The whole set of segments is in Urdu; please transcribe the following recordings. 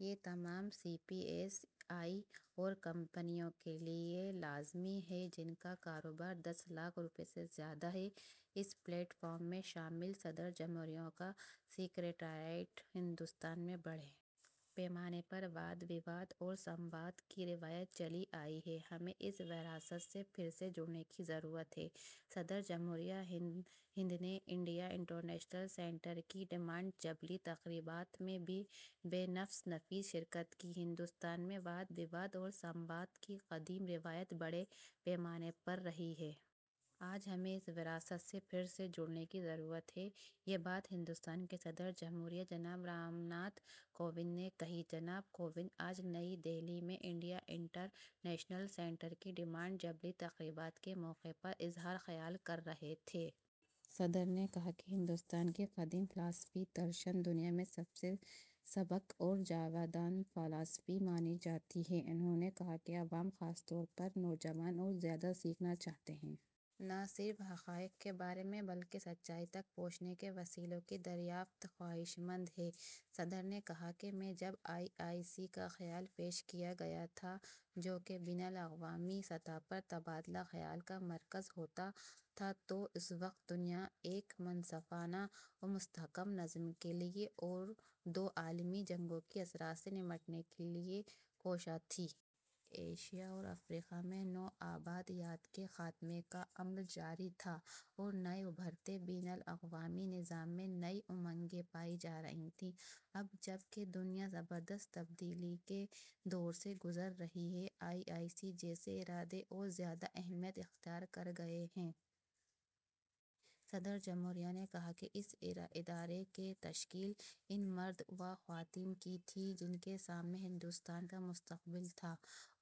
یہ تمام سی پی ایس ای اور کمپنیوں کے لئے لازمی ہے جن کا کاروبار دس لاکھ روپے سے زیادہ ہے۔ اس پلیٹ فارم میں شامل. صدر جمہوریہ کا سکریٹریٹ ہندوستان میں بڑے پیمانے پر '' واد وواد'' اور ''سمواد'' کی روایت چلی آئی ہے، ہمیں اس وراثت سے پھر سے جڑنے کی ضرورت ہے صدر جمہوریہ ہند نے انڈیا انٹرنیشنل سنٹر کی ڈائمنڈ جبلی تقریبات میں بہ نفس نفیس شرکت کی ہندوستان میں واد وواد اور سمواد کی قدیم روایت بڑے پیمانے پر رہی ہے۔ آج ہمیں اس وراثت سے پھر سے جڑنے کی ضرورت ہے۔ یہ بات ہندوستان کے صدر جمہوریہ جناب رامناتھ کووند نے کہی۔ جناب کووند آج نئی دلی میں انڈیا انٹر نیشنل سنٹر کی ڈائمنڈ جبلی تقریبات کے موقع پر اظہار خیال کر رہے تھے۔ صدر نے کہا کہ ہندوستان کی قدیم فلاسفی '' درشن'' دنیا میں سب سے سبک اور جاوداں فلاسفی مانی جاتی ہے۔ انہوں نے کہا کہ عوام ، خاص طور پر نوجوان اور زیادہ سیکھنا چاہتے ہیں۔ نہ صرف حقائق کے بارے میں بلکہ سچائی تک پہنچنے کے وسیلوں کی دریافت خواہشمند ہیں۔ صدر نے کہا کہ میں جب آئی آئی سی کا خیال پیش کیا گیا تھا، جو کہ بین الاقوامی سطح پر تبادلۂ خیال کا مرکز ہوتا تھا، تو اس وقت دنیا ایک منصفانہ اور مستحکم نظم کے لئے اور دو عالمی جنگوں کے اثرات سے نمٹنے کے لئے کوشاں تھی۔ ایشا اور افریقہ میں نو آبادیات کے خاتمے کا عمل جاری تھا اور نئے ابھرتے بین الاقوامی نظام میں نئی امنگیں پائی جا رہی تھیں۔ اب جب کہ دنیا زبردست تبدیلی کے دور سے گزر رہی ہے، آئی آئی سی جیسے ادارے اور زیادہ اہمیت اختیار کر گئے ہیں۔ صدر جمہوریہ نے کہا کہ اس ادارے کی تشکیل ان مرد و خواتین نے کی تھی، جن کے سامنے ہندوستان کا مستقبل تھا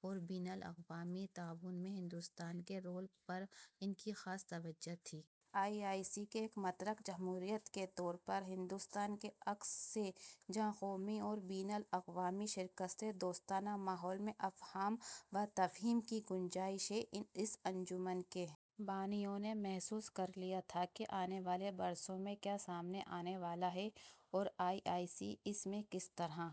اور بین الاقوامی تعاون میں ہندوستان کے رول پر ان کی خاص توجہ تھی۔ آئی آئی سی ایک متحرک جمہوریت کے طور پر ہندوستان کی عکاس ہے ، جہاں قومی اور بین الاقوامی شراکت سے دوستانہ ماحول میں افہام و تفہیم کی گنجائش ہے۔ اس انجمن کے بانیوں نے محسوس کر لیا تھا کہ آنے والے برسوں میں کیا سامنے آنے والا ہے اور آئی آئی سی اس میں کس طرح